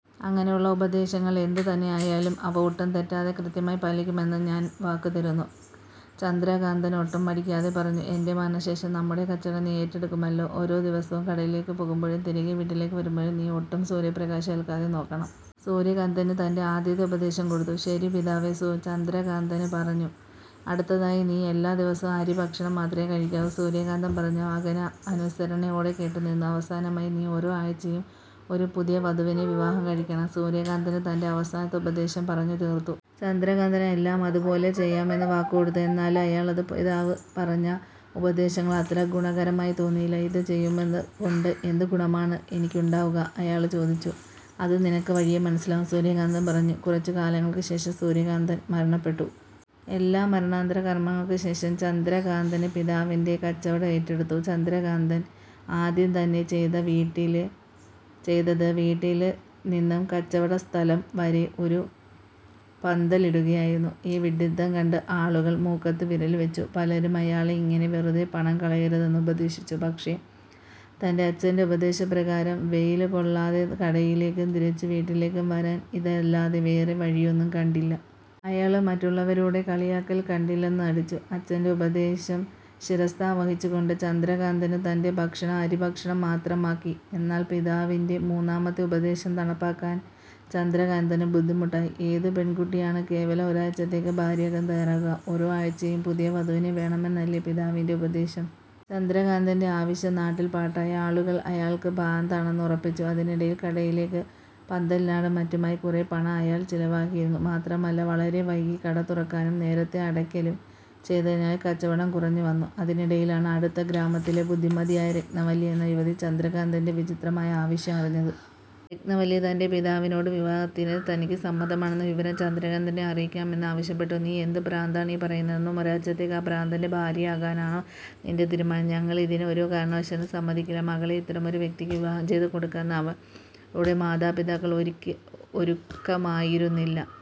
അങ്ങയുടെ ഉപദേശങ്ങള് എന്തു തന്നെയായാലും അവ ഒട്ടും തെറ്റാതെ കൃത്യമായി പാലിക്കുമെന്ന് ഞാന് വാക്ക് തരുന്നു. " ചന്ദ്രകാന്തന് ഒട്ടും മടിക്കാതെ പറഞ്ഞു. "ഏന്റെ മരണശേഷം നമ്മുടെ കച്ചവടം നീ ഏറ്റെടുക്കുമല്ലോ? ഓരോ ദിവസവും കടയിലേയ്ക്ക് പോകുമ്പോഴും, തിരികെ വീട്ടിലേയ്ക്ക് വരുമ്പോഴും നീ ഒട്ടും സൂര്യപ്രകാശം എല്ക്കാതെ നോക്കണം". സൂര്യകാന്തന് തന്റെ ആദ്യത്തെ ഉപദേശം കൊടുത്തു. "ശരി പിതാവേ". ചന്ദ്രകാന്തന് പറഞ്ഞു. "അടുത്തതായി നീ എല്ലാ ദിവസവും അരി ഭക്ഷണം മാത്രമേ കഴിക്കാവൂ" സൂര്യകാന്തന് പറഞ്ഞു. മകന് അനുസരണയോടെ കേട്ടുകൊണ്ടിരുന്നു. "അവസാനമായി, നീ ഓരോ ആഴ്ചയും ഒരു പുതിയ വധുവിനെ വിവാഹം കഴിക്കണം" സൂര്യകാന്തന് തന്റെ അവസാനത്തെ ഉപദേശവും പറഞ്ഞു തീര്ത്തു. ചന്ദ്രകാന്തന് എല്ലാം അത് പോലെ ചെയ്യാമെന്ന് വാക്ക് കൊടുത്തു. എന്നാലും അയാള്ക്ക് പിതാവ് പറഞ്ഞ ഉപദേശങ്ങള് അത്ര ഗുണകരമായി തോന്നിയില്ല. "ഇത് ചെയ്യുന്നത് കൊണ്ട് എന്തു ഗുണമാണ് എനിക്കുണ്ടാകുക? " അയാള് ചോദിച്ചു "അത് നിനക്ക് വഴിയേ മനസ്സിലാകും" സൂര്യകാന്തന് പറഞ്ഞു. കുറച്ചു കാലങ്ങള്ക്ക് ശേഷം സൂര്യകാന്തന് മരണപ്പെട്ടു. എല്ലാ മരണാനന്തര കര്മ്മങ്ങൾക്കും ശേഷം ചന്ദ്രകാന്തന് പിതാവിന്റെ കച്ചവടം ഏറ്റെടുത്തു. ചന്ദ്രകാന്തന് ആദ്യം തന്നെ ചെയ്തത് വീട്ടില് നിന്നും കച്ചവടസ്ഥലം വരെ ഒരു പന്തലിടുകയായിരുന്നു. ഈ വിഡ്ഡിത്തം കണ്ടു ആളുകള് മൂക്കത്ത് വിരല് വെച്ചു. പലരും അയാളെ ഇങ്ങനെ വെറുതെ പണം കളയരുതെന്ന് ഉപദേശിച്ചു. പക്ഷേ തന്റെ അച്ചന്റെ ഉപദേശപ്രകാരം വെയില് കൊള്ളാതെ കടയിലേക്കും തിരിച്ചു വീട്ടിലേക്കും വരാന് ഇതല്ലാതെ വേറെ വഴിയൊന്നും കണ്ടില്ല. അയാള് മറ്റുള്ളവരുടെ കളിയാക്കള് കണ്ടില്ലെന്നു നടിച്ചു. അച്ചന്റെ ഉപദേശം ശിരസാ വഹിച്ചു കൊണ്ട് ചന്ദ്രകാന്തന് തന്റെ ഭക്ഷണം അരിഭക്ഷണം മാത്രമാക്കി. എന്നാല് പിതാവിന്റെ മൂന്നാമത്തെ ഉപദേശം നടപ്പാക്കാന് ചന്ദ്രകാന്തന് ബുദ്ധിമുട്ടായി. ഏത് പെണ്കുട്ടിയാണ് കേവലം ഒരാഴ്ചത്തേയ്ക്ക് ഭാര്യയാകാന് തയ്യാറാകുക? ഓരോ ആഴ്ചയും പുതിയ വധുവിനെ വേണമെന്നല്ലേ പിതാവിന്റെ ഉപദേശം? ചന്ദ്രകാന്തന്റെ ആവശ്യം നാട്ടില് പാട്ടായി. ആളുകള് അയാള്ക്ക് ഭ്രാന്താണെന്ന് ഉറപ്പിച്ചു. അതിനിടയില് കടയിലേയ്ക്ക് പന്തലിടാനും മറ്റുമായി കുറെ പണം അയാള്ക്ക് ചിലവായിരുന്നു. മാത്രമല്ല, വളരെ വൈകി കട തുറക്കുകയും നേരത്തെ അടക്കുകയും ചെയ്തതിനാല് കച്ചവടം കുറഞ്ഞ് വന്നു. അതിനിടയിലാണ് അടുത്ത ഗ്രാമത്തിലെ ബുദ്ധിമതിയായ രത്നവല്ലി എന്ന യുവതി ചന്ദ്രകാന്തന്റെ വിചിത്രമായ ആവശ്യം അറിഞ്ഞത്. രത്നവല്ലി തന്റെ പിതാവിനോട് വിവാഹത്തിന് തനിക്ക് സമ്മതമാണെന്ന വിവരം ചന്ദ്രകാന്തനെ അറിയിക്കാന് ആവശ്യപ്പെട്ടു. "നീ എന്ത് ഭ്രാന്താണീ പറയുന്നതു. ഒരാഴ്ചത്തേയ്ക്ക് ആ ഭ്രാന്തന്റെ ഭാര്യയാകാനാണോ നിന്റെ തീരുമാനം? ഞങ്ങള് ഇതിന് ഒരു കാരണവശാലും സമ്മതിക്കില്ല. " മകളെ ഇത്തരമൊരു വ്യക്തിക്ക് വിവാഹം ചെയ്തു കൊടുക്കാന് അവളുടെ മാതാപിതാക്കള് ഒരുക്കമായിരുന്നില്ല.